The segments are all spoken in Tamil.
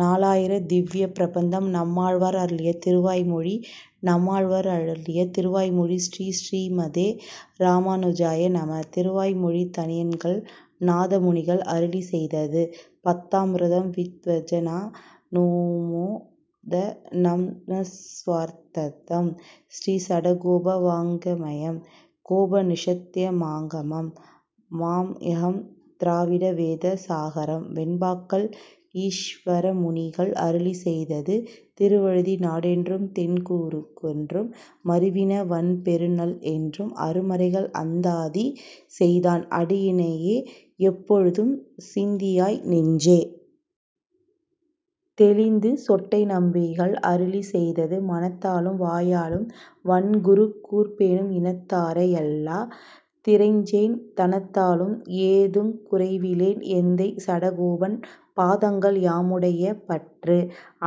நாலாயிரத் திவ்வியப் பிரபந்தம் நம்மாழ்வார் அருளிய திருவாய்மொழி நம்மாழ்வார் அருளிய திருவாய்மொழி ஸ்ரீ ஸ்ரீமதே ராமாநுஜாய நம திருவாய்மொழித் தனியன்கள் நாதமுனிகள் அருளிச்செய்தது பக்தாம்ருதம் விச் வஜநா நுமோதநம் ஸர்வார்த்ததம் ஸ்ரீசடகோப வாங்க்மயம் கோபநிஷத்ஸமாகமம் மாம்யஹம் த்ராவிட வேத ஸாகரம். வெண்பாக்கள் ஈச்வரமுனிகள் அருளிச்செய்தது திருவழுதி நாடென்றும் தென்குருகூ ரென்றும், மருவினிய வண்பொருநல் என்றும், அருமறைகள் அந்தாதி செய்தான் அடியிணையே எப்பொழுதும், சிந்தியாய் நெஞ்சே. தெளிந்து. சொட்டை நம்பிகள் அருளிச்செய்தது மனத்தாலும் வாயாலும் வண்குருகூர் பேணும் இனத்தாரை யல்லா திறைஞ்சேன், தனத்தாலும் ஏதுங் குறைவிலேன் எந்தை சடகோபன், பாதங்கள் யாமுடைய பற்று.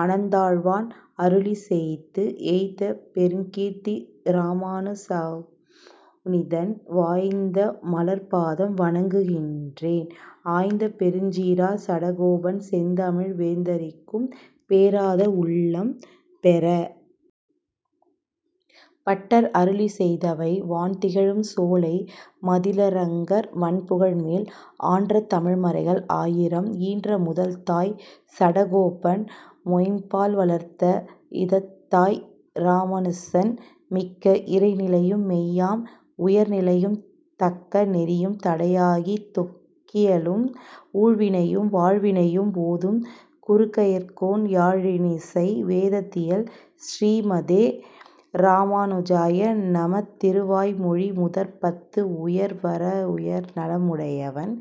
அனந்தாழ்வான் அருளிச்செய்த்து ஏய்த்தபெருங் கீர்த்தி இராமானுசமுனிதன் வாய்ந்தமலர்ப் பாதம் வணங்குகின்றேன், ஆய்ந்தபெருஞ்ச் சீரார் சடகோபன் செந்தமிழ் வேதந்தரிக்கும், பேராத வுள்ளம் பெற. பட்டர் அருளிச்செய்தவை வான்திகழும் சோலை மதிளரங்கர் வண்புகழ்மேல் ஆன்ற தமிழ்மறைகள் ஆயிரமும், ஈன்ற முதல்தாய் சடகோபன், மொய்ம்பால் வளர்த்த இதத்தாய் இராமுனுசன். மிக்க இறைநிலையும் மெய்யாம் உயிர்நிலையும், தக்க நெறியும் தடையாகித் தொக்கியலும், ஊழ்வினையும் வாழ்வினையும் ஓதும் குருகையர்கோன், யாழினிசை வேதத் தியல். ஸ்ரீமதே ராமாநுஜாய நம திருவாய் மொழி முதற் பத்து உயர்வற வுயர்நலம் முடையவன்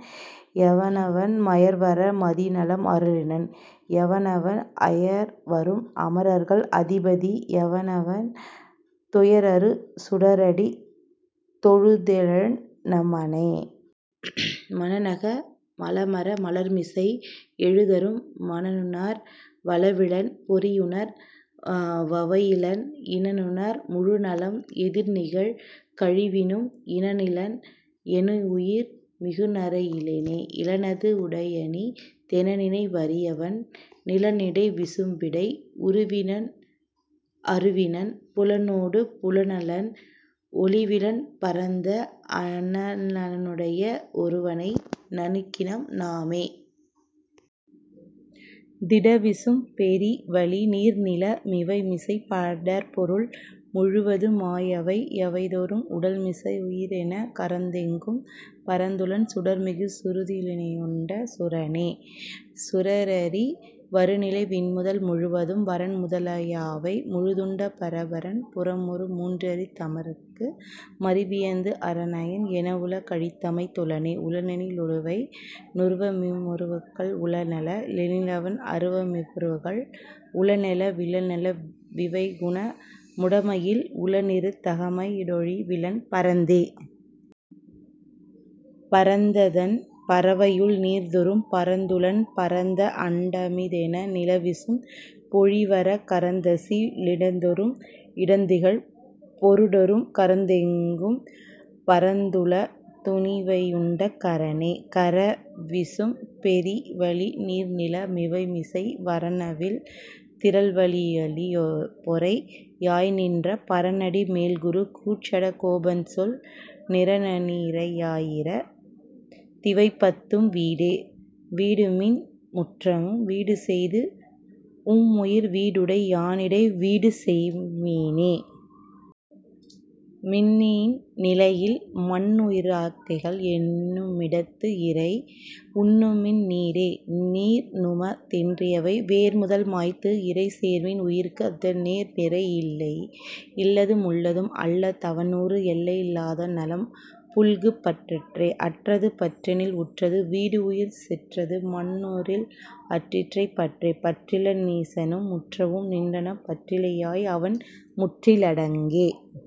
யவனவன் மயர்வற மதிநலம் அருளினன் யவனவன் அயர்வறும் அமரர்கள் அதிபதி யவனவன் துயரறு சுடரடி தொழுதெழென் னமனே.. மனனக மலமற மலர்மிசை யெழுதரும் மனனுணர் வளவிலன், பொறியுணர் வவையிலன் இனனுணர், முழுநலம், எதிர்நிகழ் கழிவினும் இனனிலன், யெனுயிர், மிகுநரை யிலனே.. இலனது வுடையனி தெனநினை வரியவன் நிலனிடை விசும்பிடை உருவினன் அருவினன் புலனொடு புலனலன், ஒழிவிலன், பரந்த அந் நலனுடைய ஒருவனை நணுகினம் நாமே.. திடவிசும் பெரிவளி நீர்நில மிவைமிசை படர்பொருள் முழுவது மாயவை யவைதொறும் உடல்மிசை யுயிரெனக் கரந்தெங்கும் பரந்துளன் சுடர்மிகு சுருதியு ளிவையுண்ட சுரனே.. சுரரறி வருநிலை விண்முதல் முழுவதும் வரன்முத லாயவை முழுதுண்ட பரபரன் புரமொரு மூன்றெரித் தமரர்க்கு மறிவியந்து அரனயன் எனவுல கழித்தமைத் துளனே.. உளனெனி லுளவை னுருவமிவ் வுருவுகள் உளனல னெனிலவன் அருவமிவ் வருவுகள் உளனென விலனென விவைகுண முடைமையில் உளனிரு தகைமைடொழி விலன் பரந்தே.. பரந்ததண் பரவையுள்நீர்தொறும் பரந்துளன் பரந்த அண்டமிதென நிலவிசும் பொழிவற கரந்தசி லிடந்தொறும் இடந்திகழ் பொருடொறும் கரந்தெங்கும் பரந்துள துனிவையுண்ட கரனே. கரவிசும் பெரிவளி நீர்நில மிவைமிசை வரனவில் திறல்வலி யளிபொறை யாய்நின்ற பரனடி மேல்குரு கூர்ச்சட கோபன்சொல் நிரனிறை யாயிரத் திவைபத்தும் வீடே. வீடுமின் முற்றவும்--வீடுசெய்து உம்முயிர் வீடுடை யானிடை--வீடுசெய்ம்மினே.. மின்னின் நிலையில்--மன்னுயிராக்கைகள் என்னுமிடத்து இறை--உன்னுமின் நீரே.. நீர்நும தென்றிவை--வேர்முதல் மாய்த்து இறை சேர்மின் உயிர்க்கு அத--னேர்நிறை யில்லே.. இல்லது முள்ளதும்--அல்ல தவனுரு எல்லையிலாத நலம்--புல்கு பற்றற்றே.. அற்றது பற்றெனில்--உற்றது வீடுஉயிர் செற்றது மன்னுறில்--அற்றிறை பற்றே.. பற்றில னீசனும்--முற்றவும் நின்றனன் பற்றிலை யாய் அவன்--முற்றி லடங்கே..